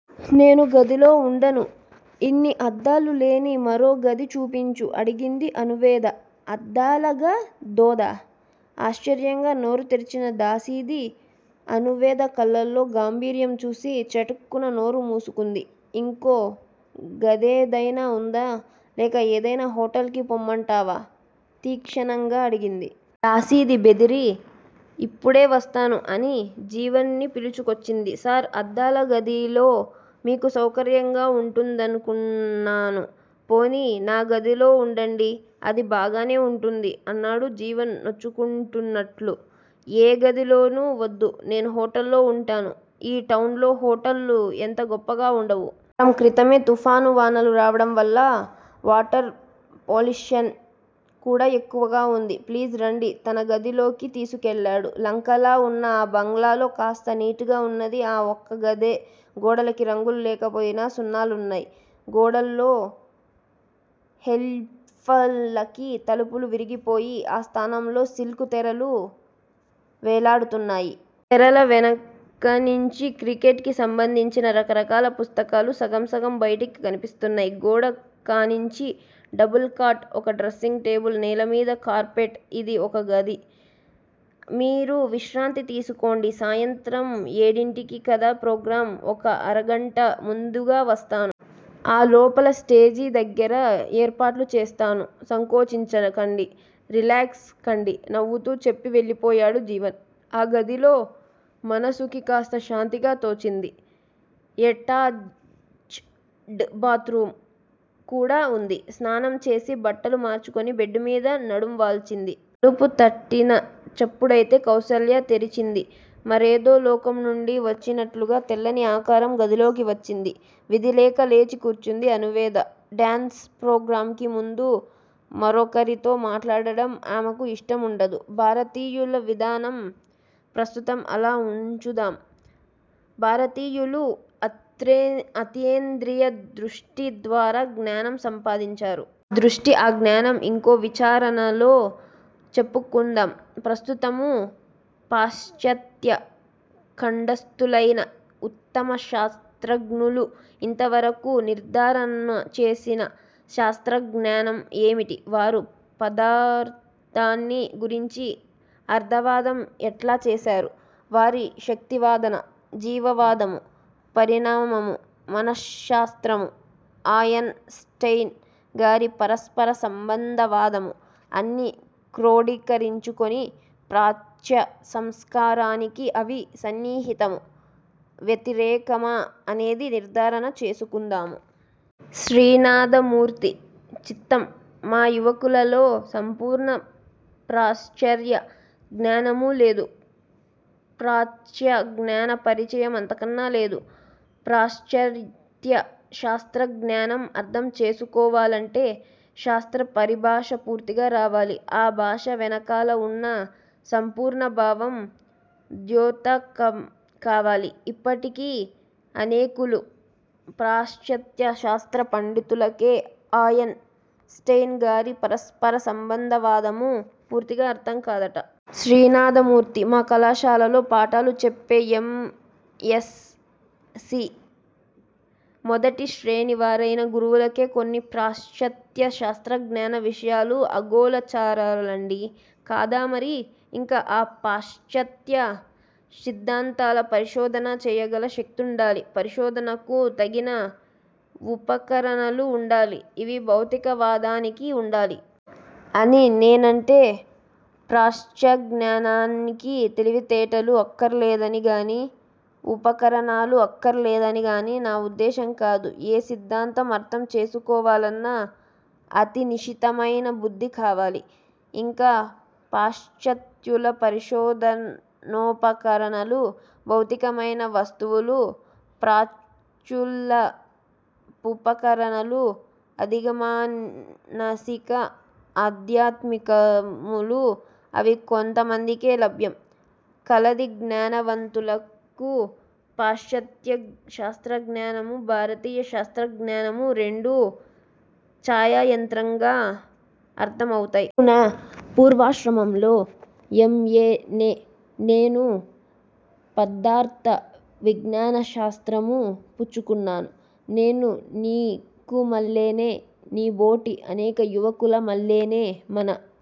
నేనీ గదిలో వుండను. ఇన్ని అద్దాలు లేని మరో గది చూపించు అడిగింది అణువేద. అద్దాలగదోద్దా! ఆశ్చర్యంగా నోరు తెరచిన దాసిది అణువేద కళ్ళలో గాంభీర్యం చూసి చటుక్కున నోరు ముసేసుకుంది. ఇంకో గదేదైనా వుందా? లేక ఏదైనా హొటల్ కి పొమ్మంటావా? తీక్షణంగా అడిగింది. దాసిది బెదిరి యిపుడే వస్తాను అని జీవన్ ని పిలుచుకొచ్చింది. సారి! అద్దాల గదిలో మీకు సౌకర్యంగా వుంటుదనుకున్నాను. పోనీ నా గదిలో వుండండి. అది బాగానే వుంటుంది. అన్నాడు జీవన్ నొచ్చుకుంటున్నట్లు. ఏ గదిలోనూ వద్దు నేను హొటల్లో వుంటాను. ఈ టౌన్ లో హోటళ్ళు అంత గొప్పగా వుండవు. వారం క్రితమే తుఫాను వానలు రావడం వల్ల వాటర్ పోల్యుషన్ కూడా ఎక్కువగా వుంది ప్లీజ్ రండి. తన గదిలోకి తీసుకెళ్ళాడు. లంకలా వున్న అ బంగళాలో కాస్త నీట్ గా వున్నది ఆ వొక్క గదే గోడలకి రంగులు లేకపోయినా సున్నాలున్నాయి. గోడల్లో షెల్ఫులకి తలుపులు విరిగిపోయి ఆ స్థానంలో సిల్కు తెరలు వెళ్ళాడుతున్నాయి. తెరల వెనకనించి క్రికెట్ కి సంబంధించిన రకరకాల పుస్తకాలు సగం సగం బయటికి కనిపిస్తున్నాయి. గోడ కానించి డబుల్ కాట్, ఒక డ్రస్సింగ్ టేబిల్, నేల మీద కార్పెట్, ఇది ఆ గది. మీరు విశ్రాంతి తీసుకోండి. సాయంత్రం ఏడింటికి కదా ప్రోగ్రాం ఒక అరగంట ముందుగా వస్తాను. ఈ లోపల స్టేజి దగ్గర యేర్పాట్లు చూస్తాను. సంకోచించకండి. రిలాక్స్ కండి నవుతూ చెప్పి వెళ్లిపోయాడు జీవన్. ఈ గదిలో మనసుకి కాస్త శాంతిగానే తోచింది. ఎటాచ్ డ్ బాత్ రూమ్ కూడా వుంది. స్నానం చేసి బట్టలు మార్చుకుని బెడ్ మీద నడుం వాల్చింది. తలుపు తట్టిన చప్పుడైతే కౌసల్య తెరిచింది. మరేదో లోకంలోనించి వచ్చినట్లున్న తెల్లని ఆకారం గదిలోకి వచ్చింది. విధి లేక లేచి కూర్చుంది అణువేద. డాన్సు ప్రోగ్రాంకి ముందు మరొకరితో మాట్లాడటం ఆమెకి యిష్టముండదు. '' భారతీయుల విధానం ప్రస్తుతం అలా ఉంచుదాము. భారతీయులు అతీంద్రియదృష్టిద్వారా జ్ఞానం సంపాదించారు. ఆ దృష్టీ, ఆ జ్ఞానం ఇంకో విచారణలో చెప్పుకుందాం. ప్రస్తుతము పాశ్చాత్య ఖండస్థులైన ఉత్తమశాస్త్రజ్ఞులు ఇంతవరకు నిర్దారణచేసిన శాస్త్రజ్ఞానం ఏమిటి? వారు పదార్ధాన్ని గురించి అర్ధవాదం ఎట్లాచేశారు? వారి శక్తివాదము, జీవవాదము, పరిణామము, మనశ్శాస్త్రము, ఆయిన్ స్టెయిన్ గారి పరస్పర సంభందవాదము, అన్నీ క్రోడీకరించుకొని, ప్రాచ్యసంస్కారానికి అవి సన్నిహితమూ, వ్యతిరేకమా అనేవి నిర్ధారణ చేసుకుందాము. '' శ్రీనాథమూర్తి: చిత్తం. మా యువకులలో సంపూర్ణ పాశ్చాత్య జ్ఞానమూలేదు, ప్రాచ్యజ్ఞాన పరిచయం అంతకన్నా లేదు. '' పాశ్చాత్య శాస్త్రజ్ఞానం అర్ధంచేసుకోవాలంటే, శాస్త్ర పరిభాష పూర్తిగా రావాలి. అ భాషవెనకాల వున్న సంపూర్ణభావం ద్యోతకంకావాలి. ఇప్పటికి అనేకులు పాశ్చాత్య శాస్త్ర పండితులకే ఆయిన్ స్టెయినుగారి పరస్పర సంబంధవాదము పూర్తిగా అర్ధంకాదట! '' శ్రీనాథమూర్తి: మా కళాశాలలో పాఠాలు చెప్పే ఎమ్. ఎస్. సి మొదటి శ్రేణివారయిన గురువులకే కొన్ని పాశ్చాత్య శాస్త్రజ్ఞాన విషయాలు అగోచరాలండీ. '' కాదామరి, ఇంక ఆ పాశ్చాత్య సిద్దాంతాల పరిశోధన చేయగల శక్తివుండాలి. పరిశోధనకు తగిన వుపకరణాలు వుండాలి. ఇవి భౌతిక వాదానికి వుండాలి. అని నేనంటే, ప్రాచ్యజ్ఞానానికి తెలివితేటలు అక్కరలేదని గాని, వుపకరణాలు అక్కరలేదనిగాని నా ఉద్దేశంకాదు. ఏ సిద్దాంతం అర్ధం చేసుకోవాలన్నా అతినిశితమైనబుద్ది కావాలి. ఇంక పాశ్చత్యుల పరిశోధనోపకరణాలు, భౌతికమైన వస్తువులు, ప్రాచ్యుల వుపకరణాలు అధిమానసిక, ఆధ్యాత్మికములు. అవి కొద్దిమందికే లభ్యం. కొలదిజ్ఞానవంతులకు పాశ్చాత్య శాస్త్రజ్ఞానమూ, భారతీయ శాస్త్రజ్ఞానమూ రెండూ ఛాయామాత్రంగా అర్ధం అవుతాయి. నేను నా పూర్వాశ్రమంలో ఎమ్. ఏ. నే. నేను పదార్ద విజ్ఞానశాస్త్రము పుచ్చుకున్నాను. నేనూ నీకుమల్లేనె నీబోటి అనేక యువకుల మల్లేనే మన